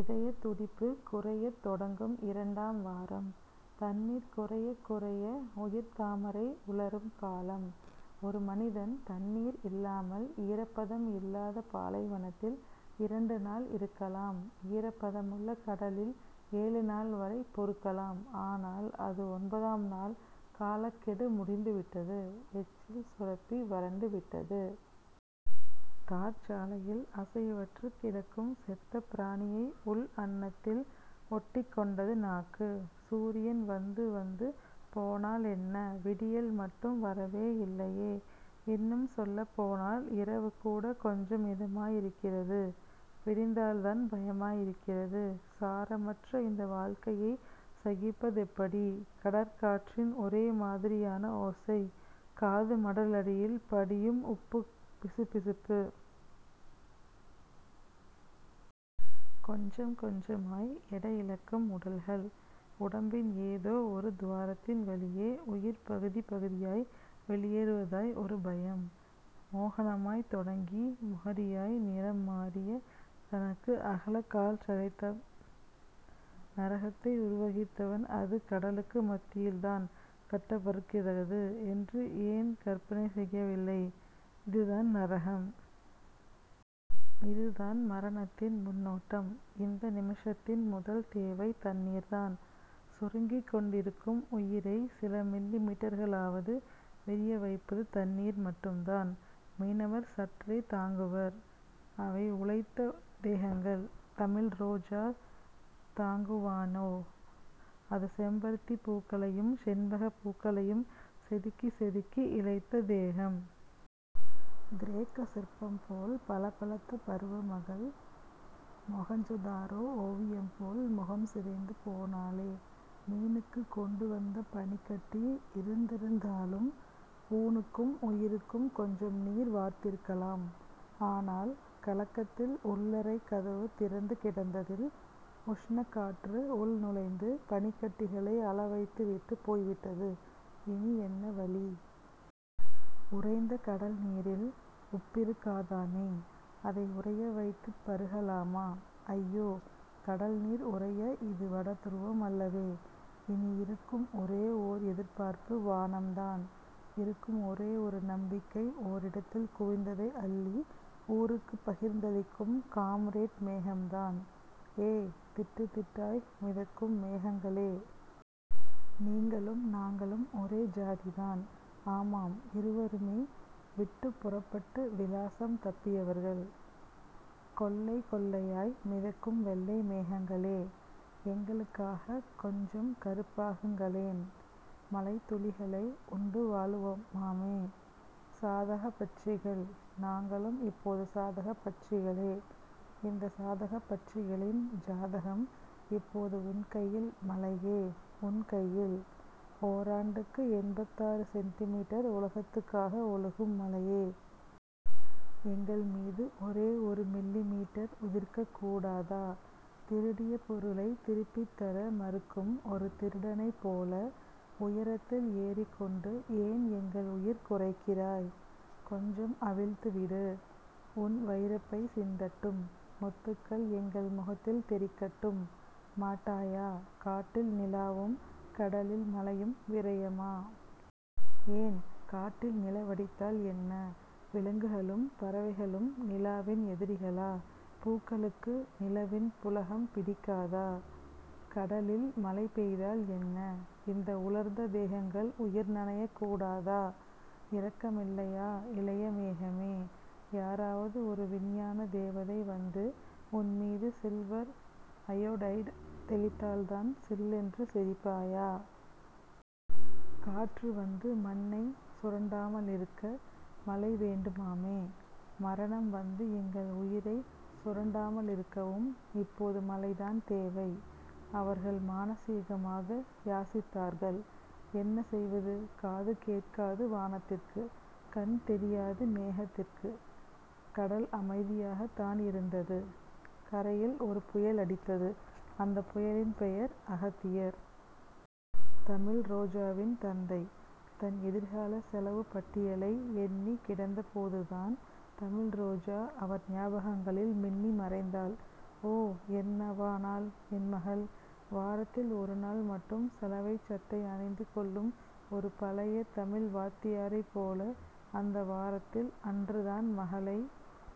இதயத் துடிப்பு குறையத் தொடங்கும் இரண்டாம் வாரம். தண்ணீர் குறையக் குறைய உயிர்த்தாமரை உலரும் காலம். ஒரு மனிதன் தண்ணீர் இல்லாமல் ஈரப்பதம் இல்லாத பாலைவனத்தில் இரண்டு நாள் இருக்கலாம். ஈரப்பதமுள்ள கடலில் ஏழுநாள்வரை பொறுக்கலாம். ஆனால் அது ஒன்பதாம் நாள். காலக்கெடு முடிந்துவிட்டது. எச்சில் சுரப்பி வறண்டுவிட்டது. தார்ச்சாலையில் அசைவற்றுக் கிடக்கும் செத்தபிராணியாய் உள் அண்ணத்தில் ஒட்டிக்கொண்டது நாக்கு. சூரியன் வந்துவந்து போனாலென்ன. விடியல் மட்டும் வரவே இல்லையே. இன்னும் சொல்லப்போனால் இரவுகூடக் கொஞ்சம் இதமாயிருக்கிறது. விடிந்தால்தான் பயமாயிருக்கிறது. சாரமற்ற இந்த வாழ்க்கையைச் சகிப்பதெப்படி? கடற்காற்றின் ஒரேமாதிரியான ஓசை. காது மடலடியில் படியும் உப்புப் பிசுபிசுப்பு. கொஞ்சம் கொஞ்சமாய் எடையிழக்கும் உடல்கள். உடம்பின் ஏதோ ஒரு துவாரத்தின் வழியே, உயிர் பகுதி பகுதியாய் வெளியேறுவதாய் ஒரு பயம். மோகனமாய்த் தொடங்கி முகாரியாய் நிறம்மாறிய தளக் தளக் அலைச்சத்தம். நரகத்தை உருவகித்தவன் அது கடலுக்கு மத்தியில்தான் கட்டப்பட்டிருக்கிறது என்று ஏன் கற்பனை செய்யவில்லை? இதுதான் நரகம். இதுதான் மரணத்தின் முன்னோட்டம். இந்த நிமிஷத்தின் முதல் தேவை தண்ணீர்தான். சுருங்கிக் கொண்டிருக்கும் உயிரைச் சில மில்லி மீட்டர்களாவது விரியவைப்பது தண்ணீர் மட்டும்தான். மீனவர் சற்றே தாங்குவர். அவை உழைத்த தேகங்கள். தமிழ்ரோஜா தாங்குவாளோ? அது செம்பருத்திப் பூக்களையும் செண்பகப் பூக்களையும் செதுக்கிச் செதுக்கி இழைத்த தேகம். கிரேக்கச் சிற்பம்போல் பளபளத்த பருவமகள், மொகஞ்சதாரோ ஒவியம்போல் முகம் சிதைந்து போனாளே. மீனுக்குக் கொண்டுவந்த பனிக்கட்டி இருந்திருந்தாலும் ஊனுக்கும் உயிருக்கும் கொஞ்சம் நீர் வார்த்திருக்கலாம். ஆனால் கலக்கத்தில் உள்ளறைக் கதவு திறந்து கிடந்ததில் உஷணக்காற்று உள் நுழைந்து பனிக்கட்டிகளை அழவைத்துவிட்டுப் போய்விட்டது. இனி என்ன வழி? உறைந்த கடல்நீரில் உப்பிருக்காதாமே. அதை உறைய வைத்துப் பருகலாமா? அய்யோ. கடல்நீர் உறைய இது வடதுருவம் அல்லவே. இனி இருக்கும் ஒரே ஓர் எதிர்பார்ப்பு வானம்தான். இருக்கும் ஒரே ஒரு நம்பிக்கை ஓரிடத்தில் குவிந்ததை அள்ளி ஊருக்குப் பகிர்ந்தளிக்கும் காம்ரேட் மேகம்தான். ஏ, திட்டுத்திட்டாய் மிதக்கும் மேகங்களே. நீங்களும் நாங்களும் ஒரே ஜாதிதான். ஆமாம். இருவருமே விட்டுப்புறப்பட்டு விலாசம் தப்பியவர்கள். கொள்ளை கொள்ளையாய் மிதக்கும் வெள்ளை மேகங்களே. எங்களுக்காகக் கொஞ்சம் கறுப்பாகுங்களேன். மழைத்துளிகளை உண்டுவாழுமாமே சாதகப்பட்சிகள். நாங்களும் இப்போது சாதகப்பட்சிகளே. இந்தச் சாதகப்பட்சிகளின் ஜாதகம், இப்போது உன் கையில் மழையே... உன் கையில். ஓராண்டுக்கு எண்பத்தாறு சென்டிமீட்டர் உலகத்துக்காக ஒழுகும் மழையே. எங்கள் மீது ஒரே ஒரு மில்லிமீட்டர் உதிர்க்கக் கூடாதா? திருடிய பொருளைத் திருப்பித்தர மறுக்கும் ஒரு திருடனைப் போல உயரத்தில் ஏறிக்கொண்டு ஏன் எங்கள் உயிர் குறைக்கிறாய்? கொஞ்சம் அவிழ்த்துவிடு. உன் வைரப்பை சிந்தட்டும். முத்துக்கள் எங்கள் முகத்தில் தெறிக்கட்டும். மாட்டாயா? காட்டில் நிலாவும் கடலில் மழையும் விரயமா? ஏன்? காட்டில் நிலவடித்தால் என்ன? விலங்குகளும் பறவைகளும் நிலாவின் எதிரிகளா? பூக்களுக்கு நிலவின் புளகம் பிடிக்காதா? கடலில் மழை பெய்தால் என்ன? இந்த உலர்ந்த தேகங்கள் உயிர் நனையக்கூடாதா? இரக்கமில்லையா இளையமேகமே? யாராவது ஒரு விஞ்ஞான தேவதை வந்து உன்மீது சில்வர் அயொடைடு தெளித்தால்தான் சில்லென்று சிரிப்பாயா? காற்று வந்து மண்ணைச் சுரண்டாமலிருக்க மழை வேண்டுமாமே. மரணம் வந்து எங்கள் உயிரைச் சுரண்டாமலிருக்கவும் இப்போது மழைதான் தேவை. அவர்கள் மானசீகமாக யாசித்தார்கள். என்ன செய்வது? காது கேட்காது வானத்திற்கு. கண் தெரியாது மேகத்திற்கு. கடல் அமைதியாகத்தானிருந்தது. கரையில் ஒரு புயலடித்தது. அந்தப் புயலின் பெயர் அகத்தியர். தமிழ்ரோஜாவின் தந்தை. தன் எதிர்காலச் செலவுப்பட்டியலை எண்ணிக் கிடந்தபோதுதான் தமிழ்ரோஜா அவர் ஞாபகங்களில் மின்னி மறைந்தாள். ஓ. என்னவானாள் என் மகள்? வாரத்தில் ஒருநாள் மட்டும் சலவைச்சட்டை அணிந்து கொள்ளும் ஒரு பழைய தமிழ்வாத்தியாரைப் போல அந்த வாரத்தில் அன்றுதான் மகளை